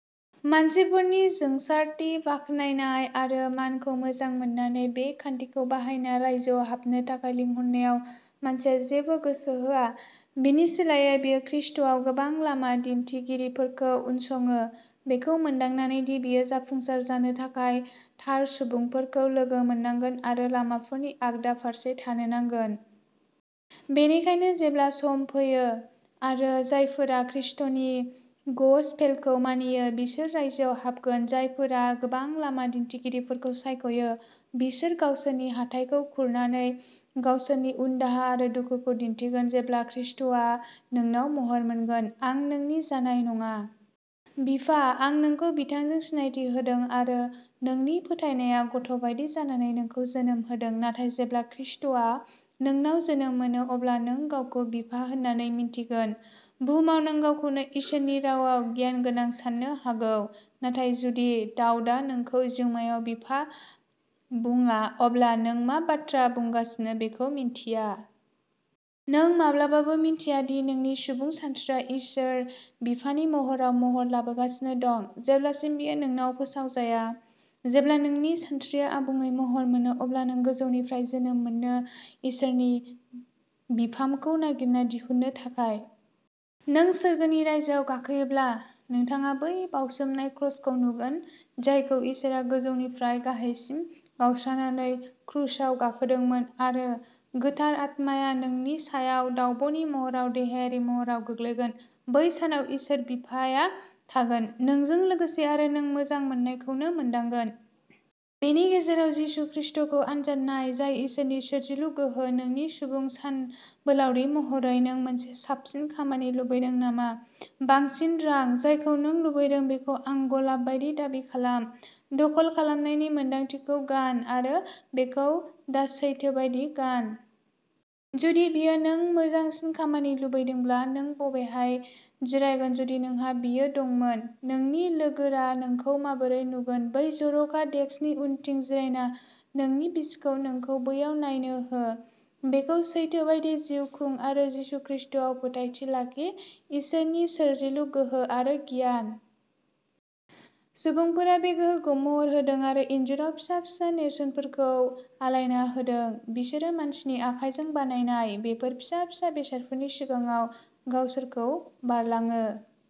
मानसिफोरनि जोंसारथि, बाख्नायनाय आरो मानखौ मोजां मोननानै, बे खान्थिखौ बाहायना रायजोआव हाबनो थाखाय लिंहरनायाव मानसिया जेबो गोसो होआ। बिनि सोलायै, बियो खृष्टआव गोबां लामा दिन्थिगिरिफोरखौ उनसङो, बेखौ मोनदांनानै दि बियो जाफुंसार जानो थाखाय थार सुबुंफोरखौ लोगो मोननांगोन आरो लामाफोरनि आगदा फारसे थानो नांगोन। बेनिखायनो जेब्ला सम फैयो आरो जायफोरा खृष्टनि गसपेलखौ मानियो, बिसोर रायजोआव हाबगोन, जायफोरा गोबां लामा दिन्थिगिरिफोरखौ सायख'यो, बिसोर गावसोरनि हाथाइखौ खुरनानै गावसोरनि उनदाहा आरो दुखुखौ दिन्थिगोन। जेब्ला ख्रीष्टआ नोंनाव महर मोनगोन, आं नोंनि जानाय नङा। बिफा। आं नोंखौ बिथांजों सिनायथि होदों आरो नोंनि फोथायनाया गथ'बायदि जानानै नोंखौ जोनोम होदों, नाथाय जेब्ला ख्रीष्टआ नोंनाव जोनोम मोनो, अब्ला नों गावखौ बिफा होनना मिन्थिगोन। बुहुमाव नों गावखौनो इसोरनि रावाव गियानगोनां साननो हागौ, नाथाय जुदि दाउदआ नोंखौ जिउमायाव बिफा बुंया, अब्ला नों मा बाथ्रा बुंगासिनो बेखौ मिन्थिया! नों माब्लाबाबो मिन्थिया दि नोंनि सुबुं सानस्रिया इसोर बिफानि महराव महर लाबोगासिनो दं जेब्लासिम बेयो नोंनाव फोसावजाया। जेब्ला नोंनि सानस्रिया आबुङै महर मोनो, अब्ला नों गोजौनिफ्राय जोनोम मोनो इसोरनि बिफामखौ नागिरना दिहुननो थाखाय। नों सोरगोनि रायजोआव गाखोयोब्ला, नोंथाङा बै बावसोमनाय क्रसखौ नुगोन जायखौ इसोरआ गोजौनिफ्राय गाहायसिम गावस्रानानै क्रुसाव गाखोदोंमोन। आरो गोथार आत्माया नोंनि सायाव दावब'नि महराव देहायारि महराव गोग्लैगोन। बै सानाव इसोर बिफाआ थागोन। नोंजों लोगोसे आरो नों मोजां मोननायखौनो मोनदांगोन! बेनि गेजेराव, जिसु ख्रीष्टखौ आनजाद नाय, जाय इसोरनि सोरजिलु गोहो, नोंनि सुबुं सानबोलावरि महरै! नों मोनसे साबसिन खामानि लुबैदों नामा? बांसिन रां? जायखौ नों लुबैदों बेखौ आं गलाब बायदि दाबि खालाम। दखल खालामनायनि मोन्दांथिखौ गान आरो बेखौ दा सैथो बायदि गान। जुदि बेयो नों मोजांसिन खामानि लुबैदोंब्ला, नों बबेहाय जिरायगोन जुदि नोंहा बेयो दंमोन? नोंनि लोगोरा नोंखौ माबोरै नुगोन? बै जर'खा डेस्कनि उनथिं जिरायना नोंनि बिसिखौ नोंखौ बैयाव नायनो हो। बेखौ सैथो बायदि जिउ खुं आरो जिसु ख्रीष्टआव फोथायथि लाखि, इसोरनि सोरजिलु गोहो आरो गियान। सुबुंफोरा बे गोहोखौ महर होदों आरो इन्जुराव फिसा फिसा नेरसोनफोरखौ आलायना होदों। बिसोरो मानसिनि आखाइजों बानायनाय बेफोर फिसा फिसा बेसादफोरनि सिगाङाव गावसोरखौ बारलाङो।